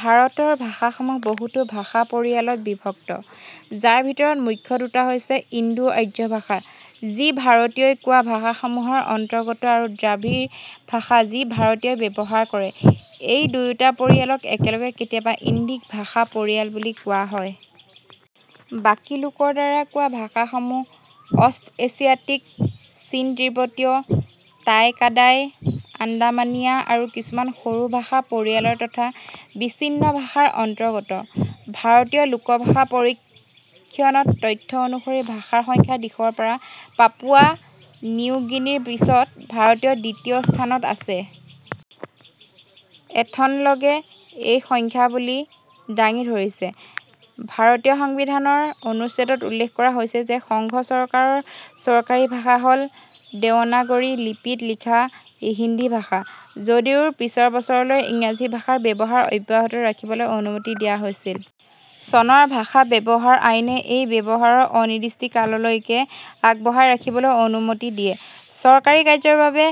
ভাৰতৰ ভাষাসমূহ বহুতো ভাষা পৰিয়ালত বিভক্ত, যাৰ ভিতৰত মুখ্য দুটা হৈছে ইণ্ডো-আৰ্য ভাষা —যি ভাৰতীয়ই কোৱা ভাষাসমূহৰ অন্তৰ্গত; আৰু দ্ৰাবিড় ভাষা—যি ভাৰতীয়ই ব্যৱহাৰ কৰে। এই দুয়োটা পৰিয়ালক একেলগে কেতিয়াবা ইণ্ডিক ভাষা পৰিয়াল বুলিও কোৱা হয়। বাকী লোকৰ দ্বাৰা কোৱা ভাষাসমূহ অষ্ট্ৰ'এচিয়াটিক, চীন-তিব্বতীয়, টাই-কাদাই, আন্দামানীয়া আৰু কিছুমান সৰু ভাষা পৰিয়াল তথা বিচ্ছিন্ন ভাষাৰ অন্তৰ্গত। ভাৰতীয় লোকভাষা পৰীক্ষণৰ তথ্য অনুসৰি, ভাষাৰ সংখ্যাৰ দিশৰ পৰা পাপুৱা নিউগিনিৰ পিছত, ভাৰত দ্বিতীয় স্থানত আছে। এথন'লগে এই সংখ্যা বুলি দাঙি ধৰিছে। ভাৰতীয় সংবিধান ৰ অনুচ্ছেদত উল্লেখ কৰা হৈছে যে সংঘ চৰকাৰৰ চৰকাৰী ভাষা হ'ল দেৱনাগৰী লিপি ত লিখা হিন্দী ভাষা, যদিও ৰ পিছৰ বছৰলৈ ইংৰাজী ভাষা ৰ ব্যৱহাৰ অব্যাহত ৰাখিবলৈ অনুমতি দিয়া হৈছিল। চনৰ ভাষা ব্যৱহাৰ আইনে এই ব্যৱহাৰ অনিৰ্দিষ্টকাললৈকে আগবঢ়াই ৰাখিবলৈ অনুমতি দিয়ে। চৰকাৰী কাৰ্যৰ বাবে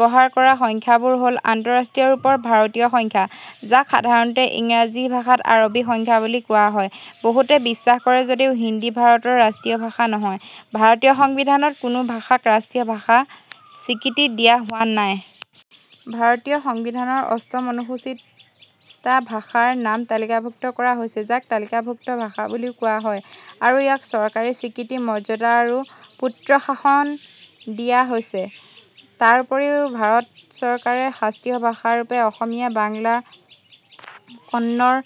ব্যৱহাৰ কৰা সংখ্যাবোৰ হ'ল "আন্তঃৰাষ্ট্ৰীয় ৰূপৰ ভাৰতীয় সংখ্যা ", যাক সাধাৰণতে ইংৰাজী ভাষাত আৰবী সংখ্যা বুলি কোৱা হয়। বহুতে বিশ্বাস কৰে যদিও হিন্দী ভাৰতৰ ৰাষ্ট্ৰীয় ভাষা নহয়; ভাৰতীয় সংবিধান ত কোনো ভাষাক ৰাষ্ট্ৰীয় ভাষাৰ স্বীকৃতি দিয়া হোৱা নাই। ভাৰতীয় সংবিধানৰ অষ্টম অনুসূচীত টা ভাষাৰ নাম তালিকাভুক্ত কৰা হৈছে, যাক তালিকাভুক্ত ভাষা বুলিও কোৱা হয় আৰু ইয়াক চৰকাৰী স্বীকৃতি, মৰ্যাদা আৰু প্ৰোৎসাহন দিয়া হৈছে। তাৰ উপৰিও, ভাৰত চৰকাৰে শাস্ত্ৰীয় ভাষা ৰূপে অসমীয়া, বাংলা, কন্নড়,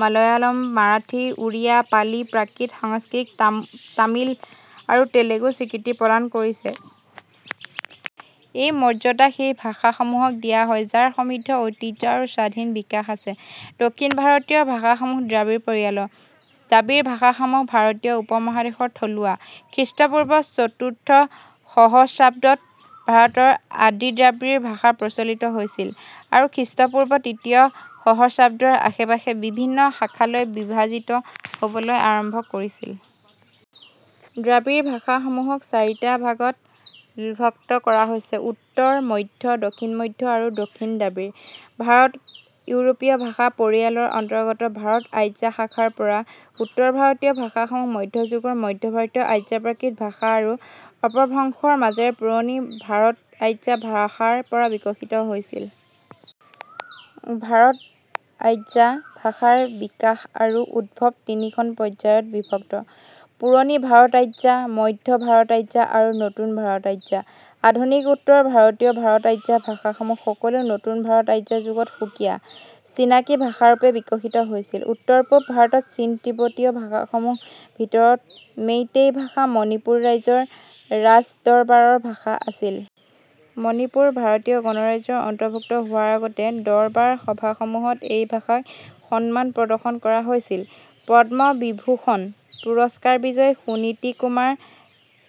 মালয়ালম, মাৰাঠী, ওড়িয়া, পালি, প্ৰাকৃত, সংস্কৃত, তামিল আৰু তেলুগুক স্বীকৃতি প্ৰদান কৰিছে। এই মৰ্যাদা সেই ভাষাসমূহক দিয়া হয় যাৰ সমৃদ্ধ ঐতিহ্য আৰু স্বাধীন বিকাশ আছে। দক্ষিণ ভাৰতীয় ভাষাসমূহ দ্ৰাবিড় পৰিয়ালৰ। দ্ৰাবিড় ভাষাসমূহ ভাৰতীয় উপমহাদেশৰ থলুৱা। খ্ৰীষ্টপূৰ্ব চতুৰ্থ সহস্ৰাব্দত ভাৰতত আদিদ্ৰাবিড় ভাষা প্ৰচলিত হৈছিল আৰু খ্ৰীষ্টপূৰ্ব তৃতীয় সহস্ৰাব্দৰ আশে-পাশে বিভিন্ন শাখালৈ বিভাজিত হ'বলৈ আৰম্ভ কৰিছিল। দ্ৰাবিড় ভাষাসমূহক চাৰিটা ভাগত বিভক্ত কৰা হৈছে: উত্তৰ, মধ্য, দক্ষিণ-মধ্য, আৰু দক্ষিণ দ্ৰাবিড়। ভাৰত-ইউৰোপীয় ভাষা পৰিয়াল ৰ অন্তৰ্গত ভাৰত-আৰ্য্য শাখাৰ পৰা উত্তৰ ভাৰতীয় ভাষাসমূহ মধ্যযুগৰ মধ্য ভাৰত-আৰ্য্য প্ৰাকৃত ভাষা আৰু অপভ্ৰংশৰ মাজেৰে পুৰণি ভাৰত-আৰ্য্য ভাষাৰ পৰা বিকশিত হৈছিল। ভাৰত-আৰ্য্য ভাষাৰ বিকাশ আৰু উদ্ভৱ তিনিখন পৰ্যায়ত বিভক্ত — পুৰণি ভাৰত-আৰ্য্য, মধ্য ভাৰত-আৰ্য্য, আৰু নতুন ভাৰত-আৰ্য্য। আধুনিক উত্তৰ ভাৰতীয় ভাৰত-আৰ্য্য ভাষাসমূহ সকলো নতুন ভাৰত-আৰ্য্য যুগত সুকীয়া, চিনাকি ভাষাৰূপে বিকশিত হৈছিল। উত্তৰ-পূব ভাৰতত চীন-তিব্বতীয় ভাষাসমূহৰ ভিতৰত মেইতেই ভাষা মণিপুৰ ৰাজ্যৰ ৰাজদৰবাৰৰ ভাষা আছিল। মণিপুৰ ভাৰতীয় গণৰাজ্যৰ অন্তৰ্ভুক্ত হোৱাৰ আগতে দৰবাৰ সভাসমূহত এই ভাষাক সন্মান প্ৰদৰ্শন কৰা হৈছিল। পদ্ম বিভূষণ পুৰস্কাৰ বিজয়ী সুনীতি কুমাৰ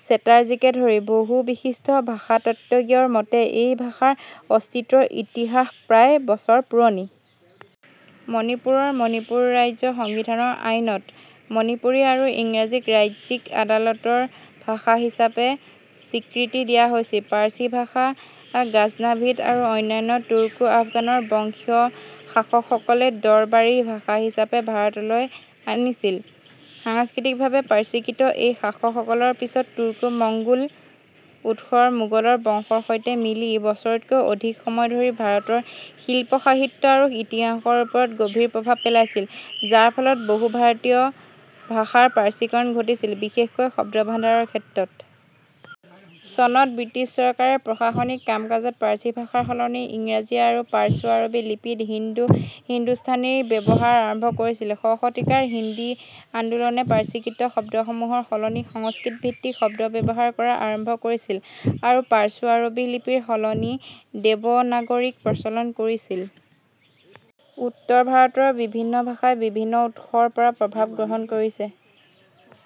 চেটাৰ্জীকে ধৰি বহু বিশিষ্ট ভাষাতত্ত্বজ্ঞৰ মতে এই ভাষাৰ অস্তিত্বৰ ইতিহাস প্ৰায় – বছৰ পুৰণি। মণিপুৰৰ "মণিপুৰ ৰাজ্য সংবিধান আইন, "-ত মণিপুৰী আৰু ইংৰাজীক ৰাজ্যিক আদালতৰ ভাষা হিচাপে স্বীকৃতি দিয়া হৈছিল। পাৰ্চী ভাষা গাজনাভিদ আৰু অন্যান্য তুৰ্কো-আফগান বংশীয় শাসকসকলে দৰবাৰী ভাষা হিচাপে ভাৰতলৈ অনিছিল। সাংস্কৃতিকভাৱে পাৰ্চীকৃত এই শাসকসকল, পিছৰ তুৰ্কো-মংগোল উৎসৰ মোগল বংশৰ সৈতে মিলি, বছৰতকৈও অধিক সময় ধৰি ভাৰতৰ শিল্প, সাহিত্য আৰু ইতিহাসৰ ওপৰত গভীৰ প্ৰভাৱ পেলাইছিল, যাৰ ফলত বহু ভাৰতীয় ভাষাৰ পাৰ্চীকৰণ ঘটিছিল, বিশেষকৈ শব্দভাণ্ডাৰৰ ক্ষেত্ৰত। চনত ব্ৰিটিছ চৰকাৰে প্ৰশাসনিক কাম-কাজত পাৰ্চী ভাষাৰ সলনি ইংৰাজী আৰু পাৰ্চো-আৰবী লিপিত লিখা হিন্দুস্তানীৰ ব্যৱহাৰ আৰম্ভ কৰিছিল। শ শতিকাৰ হিন্দী আন্দোলনে পাৰ্চীকৃত শব্দসমূহৰ সলনি সংস্কৃত-ভিত্তিক শব্দ ব্যৱহাৰ কৰা আৰম্ভ কৰিছিল আৰু পাৰ্চো-আৰবী লিপিৰ সলনি দেৱনাগৰীক প্ৰচলন কৰিছিল।। উত্তৰ ভাৰতৰ বিভিন্ন ভাষাই বিভিন্ন উৎসৰ পৰা প্ৰভাৱ গ্ৰহণ কৰিছে।